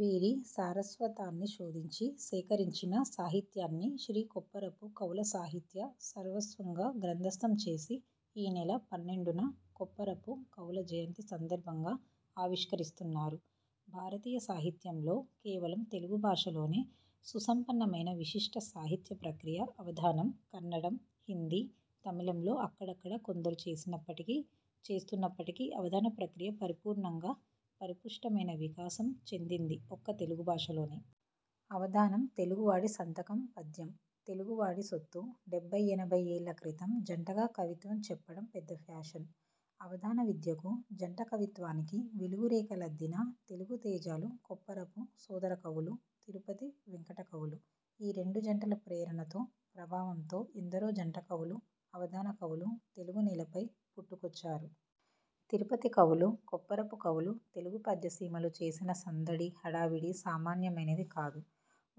వీరి సారస్వతాన్ని శోధించి, సేకరించిన సాహిత్యాన్ని 'శ్రీ కొప్పరపు కవుల సాహిత్య సర్వస్వం'గా గ్రంథస్తం చేసి ఈ నెల పన్నెండున కొప్పరపు కవుల జయంతి సందర్భంగా ఆవిష్కరిస్తున్నారు. భారతీయ సాహిత్యంలో, కేవలం తెలుగు భాషలోనే సుసంపన్నమైన విశిష్ట సాహిత్య ప్రక్రియ 'అవధానం'. కన్నడం, హిందీ, తమిళంలో అక్కడక్కడా కొందరు చేసినప్పటికీ, చేస్తున్నప్పటికీ 'అవధాన ప్రక్రియ' పరిపూర్ణంగా, పరిపుష్టమైన వికాసం చెందింది ఒక్క తెలుగు భాషలోనే! అవధానం తెలుగువాడి సంతకం పద్యం తెలుగువాడి సొత్తుడెబ్బై, ఎనభై ఏళ్ళ క్రితం జంటగా కవిత్వం చెప్పడం పెద్ద ఫ్యాషన్! అవధాన విద్యకు, జంట కవిత్వానికి వెలుగు రేఖలద్దిన తెలుగు తేజాలు కొప్పరపు సోదరకవులు, తిరుపతి వెంకటకవులు. ఈ రెండు జంటల ప్రేరణతో, ప్రభావంతో ఎందరో జంటకవులు, అవధాన కవులు తెలుగు నేలపై పుట్టుకొచ్చారు. తిరుపతి కవులు, కొప్పరపు కవులు తెలుగు పద్యసీమలో చేసిన సందడి, హడావిడి సామాన్యమైనది కాదు.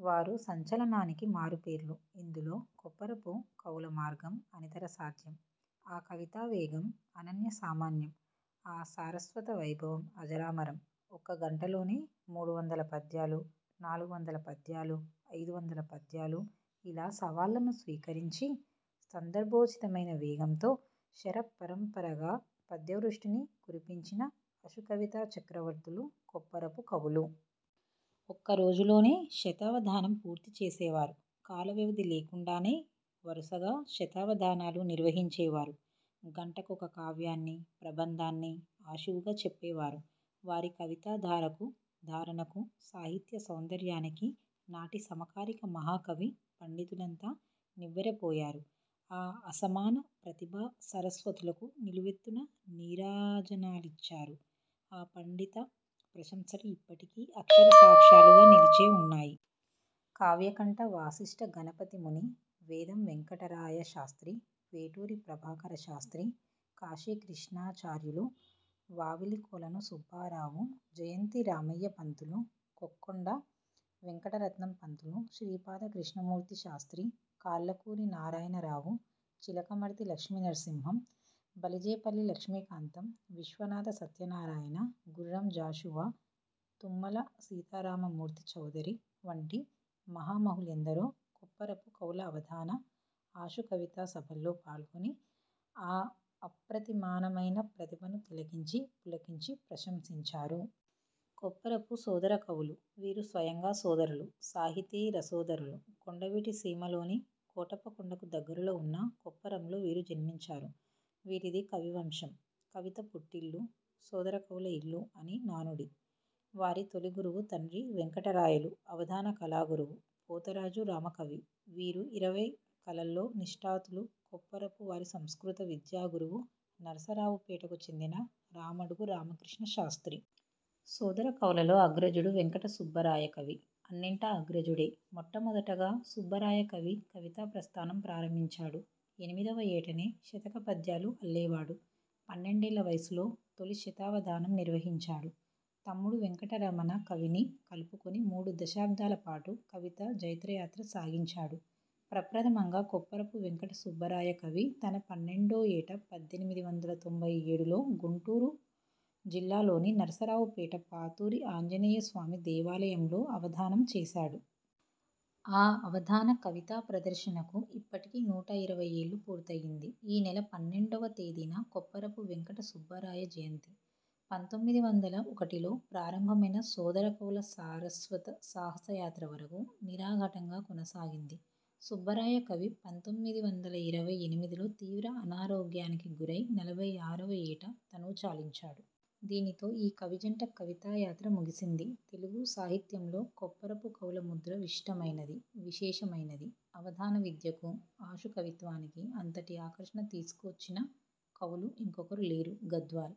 వారు సంచలనానికి మారుపేర్లు. ఇందులో కొప్పరపు కవుల మార్గం అనితరసాధ్యం. ఆ కవితావేగం అనన్యసామాన్యం. ఆ సారస్వత వైభవం అజరామరం. ఒక్క గంటలోనే మూడు వందల పద్యాలు నాలుగు వందల పద్యాలు ఐదు వందల పద్యాలు ఇలాసవాళ్ళను స్వీకరించి, సందర్భోచితమైన వేగంతో శరపరంపరగా పద్యవృష్టిని కురిపించిన 'ఆశుకవితా చక్రవర్తులు' కొప్పరపు కవులు. ఒక్కరోజులోనే శతావధానం పూర్తిచేసేవారు. కాల వ్యవధి లేకుండానే వరుసగా శతావధానాలు నిర్వహించేవారు. గంటకొక కావ్యాన్ని, ప్రబంధాన్ని ఆశువుగా చెప్పేవారు. వారి కవితా ధారకు, ధారణకు, సాహిత్య సౌందర్యానికి నాటి సమకాలిక మహాకవి పండితులంతా నివ్వెరపోయారు. ఆ అసమాన ప్రతిభా సరస్వతులకు నిలువెత్తున నీరాజనాలిచ్చారు. ఆ పండిత ప్రశంసలు ఇప్పటికీ అక్షర సాక్ష్యాలుగా నిలిచే ఉన్నాయి. కావ్యకంఠ వాసిష్ఠ గణపతిముని, వేదం వేంకటరాయ శాస్త్రి, వేటూరి ప్రభాకర శాస్త్రి, కాశీ కృష్ణాచార్యులు, వావిలికొలను సుబ్బారావు, జయంతి రామయ్యపంతులు, కొక్కొండ వెంకటరత్నం పంతులు, శ్రీపాదకృష్ణమూర్తి శాస్త్రి, కాళ్ళకూరి నారాయణరావు, చిలకమర్తి లక్ష్మీనర్సింహాం, బలిజేపల్లి లక్ష్మీకాంతం, విశ్వనాథ సత్యనారాయణ, గుర్రంజాషువా, తుమ్మల సీతారామమూర్తి చౌదరి వంటి మహామహులెందరో కొప్పరపు కవుల అవధాన, ఆశుకవితా సభల్లో పాల్గొని, ఆ అప్రతిమానమైన ప్రతిభను తిలకించి పులకించి ప్రశంసించారు. కొప్పరపు సోదరకవులు. వీరు స్వయంగా సోదరులు, సాహితీ రసోదరులు. కొండవీటి సీమలోని కోటప్పకొండకు దగ్గరలో ఉన్న కొప్పరంలో వీరు జన్మించారు. వీరిది కవివంశం. 'కవిత పుట్టిల్లు సోదరకవుల ఇల్లు' అని నానుడి. వారి తొలిగురువు తండ్రి వేంకటరాయలు అవధాన కళాగురువు పోతరాజు రామకవి. వీరు ఇరవై కళల్లో నిష్ణాతులు కొప్పరపు వారి సంస్కృత విద్యా గురువు నరసరావుపేటకు చెందిన రామడుగు రామకృష్ణ శాస్త్రి. సోదర కవులలో అగ్రజుడు వేంకటసుబ్బరాయకవి అన్నింటా అగ్రజుడే. మొట్టమొదటగా సుబ్బరాయకవి కవితా ప్రస్థానం ప్రారంభించాడు. ఎనిమిదవ ఏటనే శతకపద్యాలు అల్లేవాడు. పన్నెండేళ్ళ వయసులో తొలిశతావధానం నిర్వహించాడు. తమ్ముడు వేంకట రమణ కవిని కలుపుకొని మూడు దశాబ్దాల పాటు కవితా జైత్రయాత్ర సాగించాడు. ప్రప్రథమంగా కొప్పరపు వేంకటసుబ్బరాయ కవి తన పన్నెండో ఏట పద్దెనిమిది వందల తొంభై ఏడులో గుంటూరు జిల్లాలోని నరసరావుపేట పాతూరి ఆంజనేయస్వామి దేవాలయంలో అవధానం చేసాడు. ఆ అవధాన కవితా ప్రదర్శనకు ఇప్పటికి నూట ఇరవై ఏళ్ళు పూర్తయింది. ఈ నెల పన్నెండువ తేదీన కొప్పరపు వేంకటసుబ్బరాయ జయంతి. పంతొమ్మిది వందల ఒకటిలో ప్రారంభమైన సోదరకవుల సారస్వత సాహసయాత్ర వరకు నిరాఘాటంగా కొనసాగింది. సుబ్బరాయ కవి పంతొమ్మిది వందల ఇరవై ఎనిమిదిలో తీవ్ర అనారోగ్యానికి గురై నలభై ఆరువ ఏట తనువు చాలించాడు. దీనితో ఈ కవిజంట కవితాయాత్ర ముగిసింది. తెలుగు సాహిత్యంలో కొప్పరపుకవుల ముద్ర విశిష్టమైనది, విశేషమైనది. అవధాన విద్యకు, ఆశుకవిత్వానికి అంతటి ఆకర్షణ తీసుకువచ్చిన కవులు ఇంకొకరు లేరు. గద్వాల్